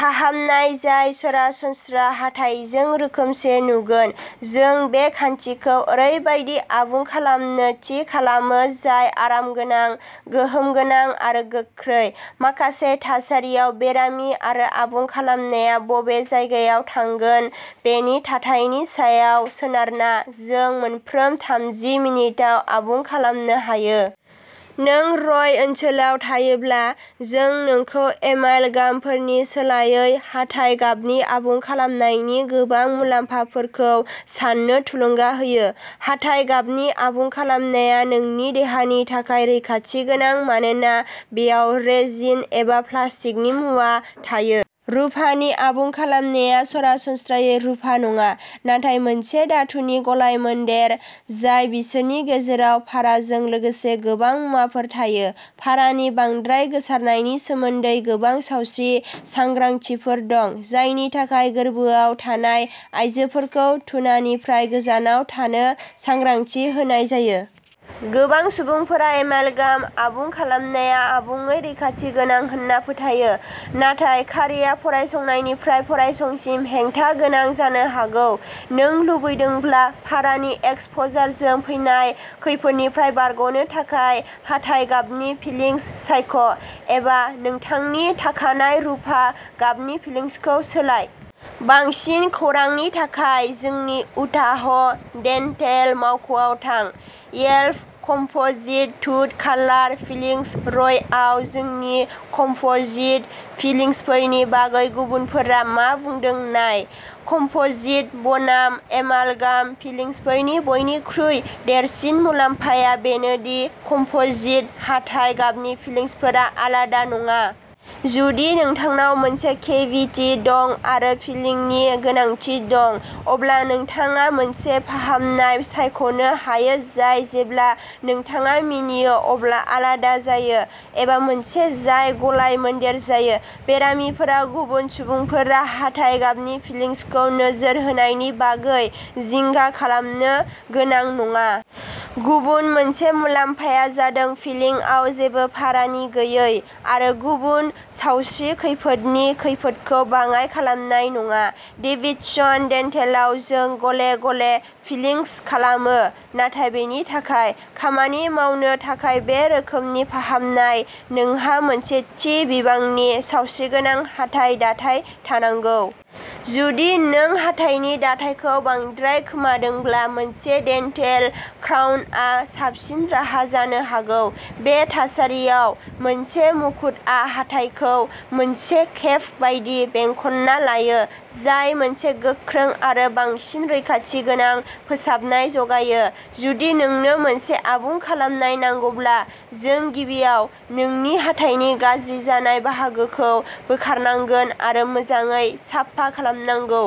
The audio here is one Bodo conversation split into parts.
फाहामनाय जाय सरासनस्रा हाथाइजों रोखोमसे नुगोन। जों बे खान्थिखौ ओरैबायदि आबुं खालामनो थि खालामो जाय आरामगोनां, गोहोम गोनां आरो गोख्रै। माखासे थासारियाव, बेरामि आरो आबुं खालामनाया बबे जायगायाव थांगोन बेनि थाथायनि सायाव सोनारना, जों मोनफ्रोम थामजि मिनिटाव आबुं खालामनो हायो। नों रय ओनसोलाव थायोब्ला, जों नोंखौ एमालगामफोरनि सोलायै हाथाइ गाबनि आबुं खालामनायनि गोबां मुलाम्फाफोरखौ सान्नो थुलुंगा होयो। हाथाइ गाबनि आबुं खालामनाया नोंनि देहानि थाखाय रैखाथि गोनां मानोना बेयाव रेजिन एबा प्लास्टिकनि मुवा थायो। रुफानि आबुं खालामनाया सरासनस्रायै रुफा नङा, नाथाय मोनसे धातुनि गलायमोन्देर जाय बिसोरनि गेजेराव पाराजों लोगोसे गोबां मुवाफोर थायो। पारानि बांद्राय गोसारनायनि सोमोन्दै गोबां सावस्रि सांग्रांथिफोर दं, जायनि थाखाय गोरबोआव थानाय आयजोफोरखौ टुनानिफ्राय गोजानाव थानो सांग्रांथि होनाय जायो। गोबां सुबुंफोरा एमालगाम आबुं खालामनाया आबुङै रैखाथि गोनां होनना फोथायो, नाथाय खारिआ फरायसंनायनिफ्राय फरायसंसिम हेंथा गोनां जानो हागौ। नों लुबैदोंब्ला पारानि एक्सप'जारजों फैनाय खैफोदनिफ्राय बारग'नो थाखाय, हाथाइ गाबनि फिलिंस सायख', एबा नोंथांनि थाखानाय रुफा गाबनि फिलिंसखौ सोलाय। बांसिन खौरांनि थाखाय जोंनि उटाह डेन्टेल मावख'आव थां। Yelp composite tooth colour fillings रयआव जोंनि कम्प'जिट फिलिंसफोरनि बागै गुबुनफोरा मा बुंदों नाय। कम्प'जिट बनाम एमालगाम फिलिंसफोरनि बयनिख्रुइ देरसिन मुलाम्फाया बेनो दि कम्प'जिट हाथाइ गाबनि फिलिंसफोरा आलादा नङा। जुदि नोंथांनाव मोनसे केभिटि दं आरो फिलिंनि गोनांथि दं, अब्ला नोंथाङा मोनसे फाहामनाय सायख'नो हायो जाय जेब्ला नोंथाङा मिनियो अब्ला आलादा जायो एबा मोनसे जाय गलाय-मोनदेर जायो। बेरामिफोरा गुबुन सुबुंफोरा हाथाइ गाबनि फिलिंसखौ नोजोर होनायनि बागै जिंगा खालामनो गोनां नङा। गुबुन मोनसे मुलाम्फाया जादों फिलिंआव जेबो पारानि गैयै आरो गुबुन सावस्रि खैफोदनि खैफोदखौ बाङाइ खालामनाय नङा। डेभिडसन डेन्टेलाव, जों गले-गले फिलिंस खालामो, नाथाय बेनि थाखाय। खामानि मावनो थाखाय बे रोखोमनि फाहामनाय, नोंहा मोनसे थि बिबांनि सावस्रिगोनां हाथाइ दाथाय थानांगौ। जुदि नों हाथाइनि दाथायखौ बांद्राय खोमादोंब्ला, मोनसे डेन्टेल क्राउनआ साबसिन राहा जानो हागौ। बे थासारियाव, मोनसे मुकुतआ हाथाइखौ मोनसे केप बायदि बेंखनना लायो, जाय मोनसे गोख्रों आरो बांसिन रैखाथि गोनां फोसाबनाय जगायो। जुदि नोंनो मोनसे आबुं खालामनाय नांगौब्ला, जों गिबियाव नोंनि हाथाइनि गाज्रि जानाय बाहागोखौ बोखारनांगोन आरो मोजाङै साफा खालामनांगौ।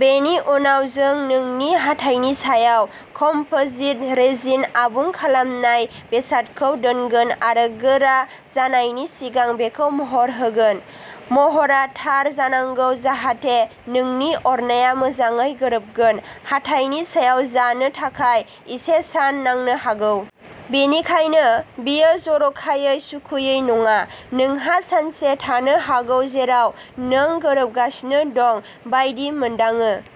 बेनि उनाव, जों नोंनि हाथाइनि सायाव कम्पोजिट रेजिन आबुं खालामनाय बेसादखौ दोनगोन आरो गोरा जानायनि सिगां बेखौ महर होगोन। महरआ थार जानांगौ जाहाथे नोंनि अरनाया मोजाङै गोरोबगोन। हाथाइनि सायाव जानो थाखाय इसे सान नांनो हागौ। बेनिखायनो, बेयो जर'खायै सुखुयै नङा, नोंहा सानसे थानो हागौ जेराव नों गोरोबगासिनो दं बायदि मोनदाङो।